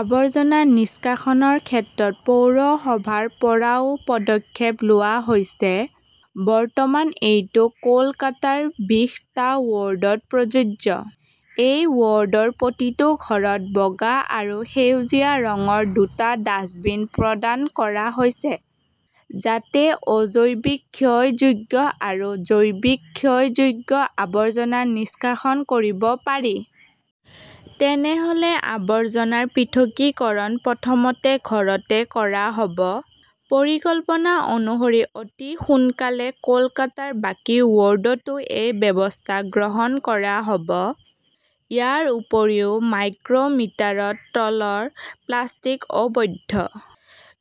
আবৰ্জনা নিষ্কাশন ক্ষেত্ৰত পৌৰসভাৰ পৰাও পদক্ষেপ লোৱা হৈছে। বৰ্তমান, এইটো কলকাতাৰ বিশ টা ৱৰ্ডত প্ৰযোজ্য। এই ৱৰ্ডৰ প্ৰতিটো ঘৰত বগা আৰু সেউজীয়া ৰঙৰ দুটা ডাস্টবিন প্ৰদান কৰা হৈছে। যাতে অ-জৈৱ-ক্ষয়যোগ্য আৰু জৈৱ-ক্ষয়যোগ্য আৱৰ্জনা নিষ্কাশন কৰিব পাৰি। তেনেহ 'লে আৱৰ্জনাৰ পৃথকীকৰণ প্ৰথমতে ঘৰতে কৰা হ'ব। পৰিকল্পনা অনুসৰি অতি সোনকালেই কলকাতাৰ বাকী ৱৰ্ডতো এই ব্যৱস্থা গ্ৰহণ কৰা হ'ব। ইয়াৰ উপৰিও মাইক্ৰ মিটাৰৰ তলৰ প্লাষ্টিক অবৈধ।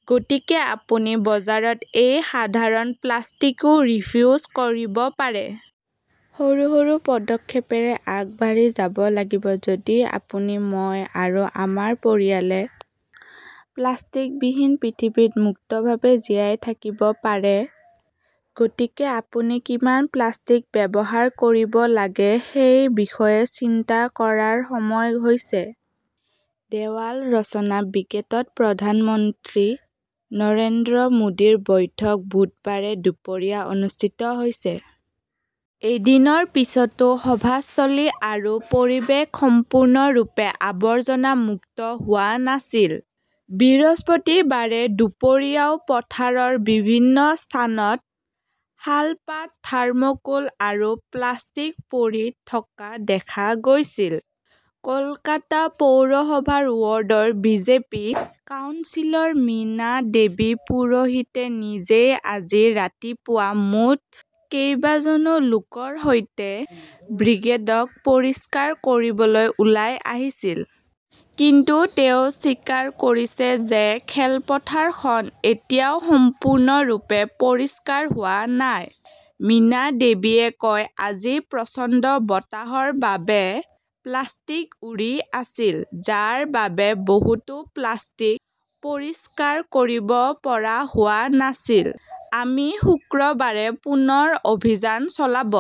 গতিকে আপুনি বজাৰত সেই ধৰণৰ প্লাষ্টিকও ৰিফিউজ কৰিব পাৰে। সৰু সৰু পদক্ষেপেৰে আগবাঢ়ি যাব লাগিব। যদি আপুনি, মই আৰু আমাৰ পৰিয়ালে প্লাষ্টিকবিহীন পৃথিৱীত মুক্তভাৱে জীয়াই থাকিব পাৰে। গতিকে আপুনি কিমান প্লাষ্টিক ব্যৱহাৰ কৰিব লাগে সেই বিষয়ে চিন্তা কৰাৰ সময় হৈছে। দেৱাল ৰচনা ব্ৰিগেডত প্ৰধানমন্ত্ৰী নৰেন্দ্ৰ মোদীৰ বৈঠক বুধবাৰে দুপৰীয়া অনুষ্ঠিত হৈছে। এদিনৰ পিছতো সভাস্থলী আৰু পৰিৱেশ সম্পূৰ্ণৰূপে আৱৰ্জনা মুক্ত হোৱা নাছিল। বৃহস্পতিবাৰে দুপৰীয়াও পথাৰৰ বিভিন্ন স্থানত শালপাত, থাৰ্মোকোল আৰু প্লাষ্টিক পৰি থকা দেখা গৈছিল। কলকাতা পৌৰসভাৰ ৱাৰ্ডৰ বিজেপি কাউন্সিলৰ মীনা দেৱী পুৰোহিতে নিজেই আজি ৰাতিপুৱা মুঠ কেইবাজনো লোকৰ সৈতে ব্ৰিগেডক পৰিষ্কাৰ কৰিবলৈ ওলাই আহিছিল। কিন্তু তেওঁ স্বীকাৰ কৰিছে যে খেলপথাৰখন এতিয়াও সম্পূৰ্ণৰূপে পৰিষ্কাৰ হোৱা নাই। মীনাদেৱীয়ে কয়, আজি প্ৰচণ্ড বতাহৰ বাবে প্লাষ্টিক উৰি আছিল। যাৰ বাবে বহুতো প্লাষ্টিক পৰিষ্কাৰ কৰিব পৰা হোৱা নাছিল। আমি শুকুৰবাৰে পুনৰ অভিযান চলাব।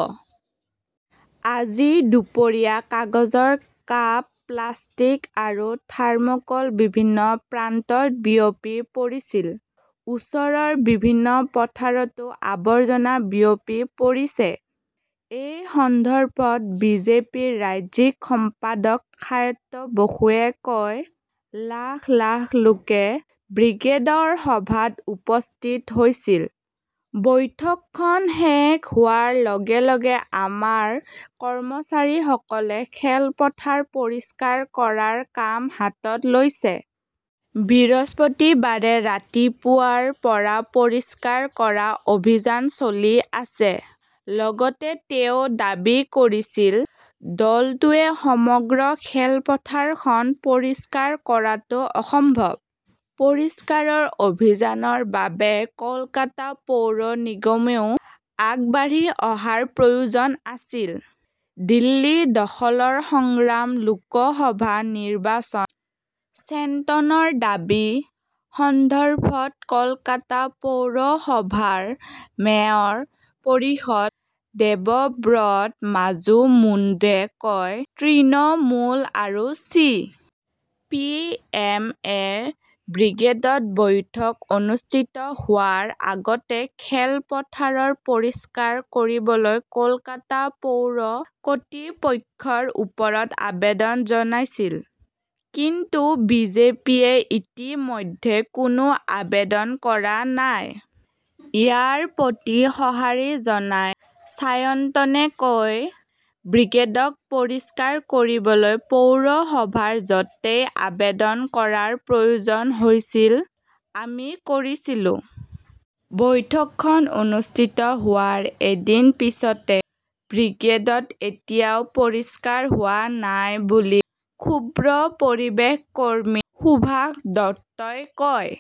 আজি দুপৰীয়া কাগজৰ কাপ, প্লাষ্টিক আৰু থাৰ্মোকল বিভিন্ন প্ৰান্তত বিয়পি পৰিছিল। ওচৰৰ বিভিন্ন পথাৰতো আবৰ্জনা বিয়পি পৰিছে। এই সন্দৰ্ভত বিজেপিৰ ৰাজ্যিক সম্পাদক সায়ন্ত বসুৱে কয়, লাখ লাখ লোকে ব্ৰিগেডৰ সভাত উপস্থিত হৈছিল। বৈঠকখন শেষ হোৱাৰ লগে লগে আমাৰ কৰ্মচাৰীসকলে খেলপথাৰ পৰিষ্কাৰ কৰাৰ কাম হাতত লৈছে। বৃহস্পতিবাৰে ৰাতিপুৱাৰ পৰা পৰিষ্কাৰ কৰা অভিযান চলি আছে। লগতে তেওঁ দাবী কৰিছিল, দলটোৱে সমগ্ৰ খেলপথাৰখন পৰিষ্কাৰ কৰাটো অসম্ভৱ। পৰিষ্কাৰ অভিযানৰ বাবে কলকাতা পৌৰ নিগমো আগবাঢ়ি অহাৰ প্ৰয়োজন আছিল। দিল্লী দখলৰ সংগ্ৰাম, লোকসভা নিৰ্বাচন চেইণ্টনৰ দাবীৰ সন্দৰ্ভত, কলকাতা পৌৰসভাৰ মেয়ৰ পৰিষদ দেৱব্ৰত মাজুমুদ্ৰে কয়, তৃণমূল আৰু চি. পি. এম. -এ ব্ৰিগেডত বৈঠক অনুষ্ঠিত হোৱাৰ আগতে খেলপথাৰ পৰিষ্কাৰ কৰিবলৈ কলকাতা পৌৰ কৰ্তৃপক্ষৰ ওচৰত আবেদন জনাইছিল। কিন্তু বিজেপিয়ে ইতিমধ্যে কোনো আবেদন কৰা নাই। ইয়াৰ প্ৰতি সঁহাৰি জনাই ছাইয়ান্তনে কয়, ব্ৰিগেডক পৰিষ্কাৰ কৰিবলৈ পৌৰসভাৰ য'তেই আবেদন কৰাৰ প্ৰয়োজন হৈছিল আমি কৰিছিলো। বৈঠকখন অনুষ্ঠিত হোৱাৰ এদিন পিছতে ব্ৰিগেডত এতিয়াও পৰিষ্কাৰ হোৱা নাই বুলি ক্ষুব্ধ পৰিৱেশ কৰ্মী সুভাষ দত্তই কয়।